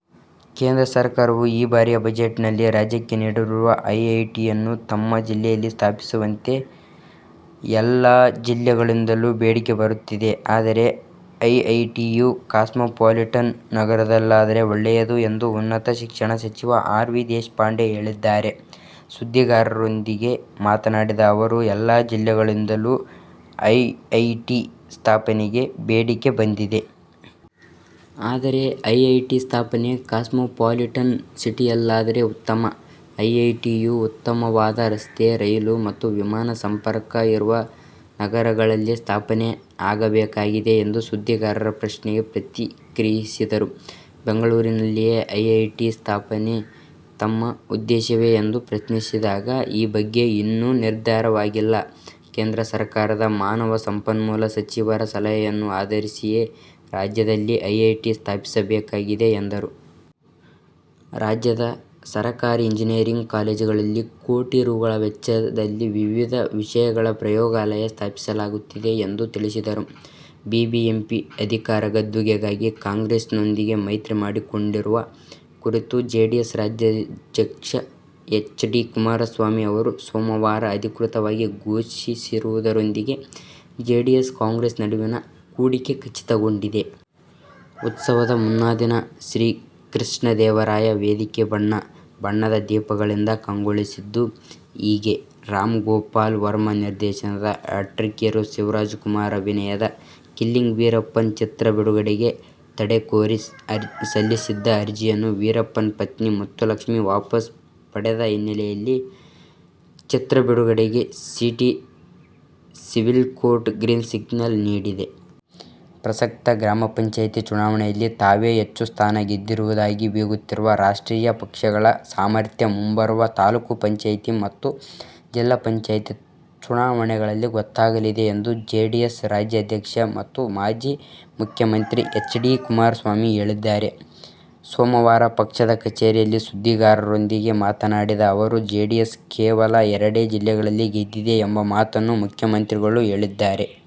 ಕೇಂದ್ರ ಸರ್ಕಾರವು ಈ ಬಾರಿಯ ಬಜೆಟ್ನಲ್ಲಿ ರಾಜ್ಯಕೆ ನೀಡಿರುವ ಐಐಟಿಯನ್ನು ತಮ್ಮ ಜಿಲ್ಲೆಯಲ್ಲಿ ಸ್ಥಾಪಿಸುವಂತೆ ಎಲ್ಲಾ ಜಿಲ್ಲೆಗಳಿಂದಲೂ ಬೇಡಿಕೆ ಬರುತ್ತಿದೆ. ಆದರೆ ಐಐಟಿಯು ಕಾಸ್ಮೋಪಾಲಿಟನ್ ನಗರದಲ್ಲಾದರೆ ಒಳ್ಳೆಯದು ಎಂದು ಉನ್ನತ ಶಿಕ್ಷಣ ಸಚಿವ ಆರ್. ವಿ. ದೇಶಪಾಂಡೆ ಹೇಳಿದ್ದಾರೆ. ಸುದ್ದಿಗಾರರೊಂದಿಗೆ ಮಾತನಾಡಿದ ಅವರು, ಎಲ್ಲಾ ಜಿಲ್ಲೆಗಳಿಂದಲೂ ಐಐಟಿ ಸ್ಥಾಪನೆಗೆ ಬೇಡಿಕೆ ಬಂದಿದೆ. ಆದರೆ ಐಐಟಿ ಸ್ಥಾಪನೆ ಕಾಸ್ಮೋಪಾಲಿಟನ್ ಸಿಟಿಯಲ್ಲಾದರೆ ಉತ್ತಮ. ಐಐಟಿಯು ಉತ್ತಮವಾದ ರಸ್ತೆ, ರೈಲು ಮತ್ತು ವಿಮಾನ ಸಂಪರ್ಕ ಇರುವ ನಗರಗಳಲ್ಲೇ ಸ್ಥಾಪನೆ ಆಗಬೇಕಾಗಿದೆ ಎಂದು ಸುದ್ದಿಗಾರರ ಪ್ರಶ್ನೆಗೆ ಪ್ರತಿಕ್ರಿಯಿಸಿದರು. ಬೆಂಗಳೂರಿನಲ್ಲಿಯೇ ಐಐಟಿ ಸ್ಥಾಪನೆ ತಮ್ಮ ಉದ್ದೇಶವೇ ಎಂದು ಪ್ರಶ್ನಿಸಿದಾಗ, ಈ ಬಗ್ಗೆ ಇನ್ನೂ ನಿರ್ಧಾರವಾಗಿಲ್ಲ. ಕೇಂದ್ರ ಸರ್ಕಾರದ ಮಾನವ ಸಂಪನ್ಮೂಲ ಸಚಿವರ ಸಲಹೆಯನ್ನು ಆಧರಿಸಿಯೇ ರಾಜ್ಯದಲ್ಲಿ ಐಐಟಿ ಸ್ಥಾಪಿಸಬೇಕಾಗಿದೆ ಎಂದರು. ರಾಜ್ಯದ ಸರ್ಕಾರಿ ಇಂಜಿನಿಯರಿಂಗ್ ಕಾಲೇಜುಗಳಲ್ಲಿ ಕೋಟಿ ರೂಗಳ ವೆಚ್ಚದಲ್ಲಿ ವಿವಿಧ ವಿಷಯಗಳ ಪ್ರಯೋಗಾಲಯ ಸ್ಥಾಪಿಸಲಾಗುತ್ತಿದೆ ಎಂದೂ ತಿಳಿಸಿದರು. ಬಿಬಿಎಂಪಿ ಅಧಿಕಾರ ಗದ್ದುಗೆಗಾಗಿ ಕಾಂಗ್ರೆಸ್ನೊಂದಿಗೆ ಮೈತ್ರಿ ಮಾಡಿಕೊಂಡಿರುವ ಕುರಿತು ಜೆಡಿಎಸ್ ರಾಜ್ಯಾಧ್ಯಕ್ಷ ಎಚ್. ಡಿ. ಕುಮಾರಸ್ವಾಮಿ ಅವರು ಸೋಮವಾರ ಅಧಿಕೃತವಾಗಿ ಘೋಷಿಸುವುದರೊಂದಿಗೆ ಜೆಡಿಎಸ್-ಕಾಂಗ್ರೆಸ್ ನಡುವಿನ ಕೂಡಿಕೆ ಖಚಿತಗೊಂಡಿದೆ. ಉತ್ಸವದ ಮುನ್ನಾದಿನ ಶ್ರೀಕೃಷ್ಣದೇವರಾಯ ವೇದಿಕೆ ಬಣ್ಣ, ಬಣ್ಣದ ದೀಪಗಳಿಂದ ಕಂಗೊಳಿಸಿದ್ದು ಹೀಗೆ. ರಾಮ್ ಗೋಪಾಲ್ ವರ್ಮಾ ನಿರ್ದೇಶನದ, ಹ್ಯಾಟ್ರಿಕ್ ಹೀರೋ ಶಿವರಾಜ್ ಕುಮಾರ್ ಅಭಿನಯದ ಕಿಲ್ಲಿಂಗ್ ವೀರಪ್ಪನ್ ಚಿತ್ರ ಬಿಡುಗಡೆಗೆ ತಡೆಕೋರಿ ಸಲ್ಲಿಸಿದ್ದ ಅರ್ಜಿಯನ್ನು ವೀರಪ್ಪನ್ ಪತ್ನಿ ಮುತ್ತುಲಕ್ಷ್ಮಿ ವಾಪಸ್ ಪಡೆದ ಹಿನ್ನೆಲೆಯಲ್ಲಿ ಚಿತ್ರ ಬಿಡುಗಡೆಗೆ city civil court green signal ನೀಡಿದೆ. ಪ್ರಸಕ್ತ ಗ್ರಾಮ ಪಂಚಾಯ್ತಿ ಚುನಾವಣೆಯಲ್ಲಿ ತಾವೇ ಹೆಚ್ಚು ಸ್ಥಾನ ಗೆದ್ದಿರುವುದಾಗಿ ಬೀಗುತ್ತಿರುವ ರಾಷ್ಟ್ರೀಯ ಪಕ್ಷಗಳ ಸಾಮರ್ಥ್ಯ ಮುಂಬರುವ ತಾಲೂಕು ಪಂಚಾಯ್ತಿ ಮತ್ತು ಜಿಲ್ಲಾ ಪಂಚಾಯ್ತಿ ಚುನಾವಣೆಗಳಲ್ಲಿ ಗೊತ್ತಾಗಲಿದೆ ಎಂದು ಜೆಡಿಎಸ್ ರಾಜ್ಯಾಧ್ಯಕ್ಷ ಮತ್ತು ಮಾಜಿ ಮುಖ್ಯಮಂತ್ರಿ ಎಚ್. ಡಿ. ಕುಮಾರಸ್ವಾಮಿ ಹೇಳಿದ್ದಾರೆ. ಸೋಮವಾರ ಪಕ್ಷದ ಕಚೇರಿಯಲ್ಲಿ ಸುದ್ದಿಗಾರರೊಂದಿಗೆ ಮಾತನಾಡಿದ ಅವರು, ಜೆಡಿಎಸ್ ಕೇವಲ ಎರಡೇ ಜಿಲ್ಲೆಗಳಲ್ಲಿ ಗೆದ್ದಿದೆ ಎಂಬ ಮಾತನ್ನು ಮುಖ್ಯಮಂತ್ರಿಗಳು ಹೇಳಿದ್ದಾರೆ.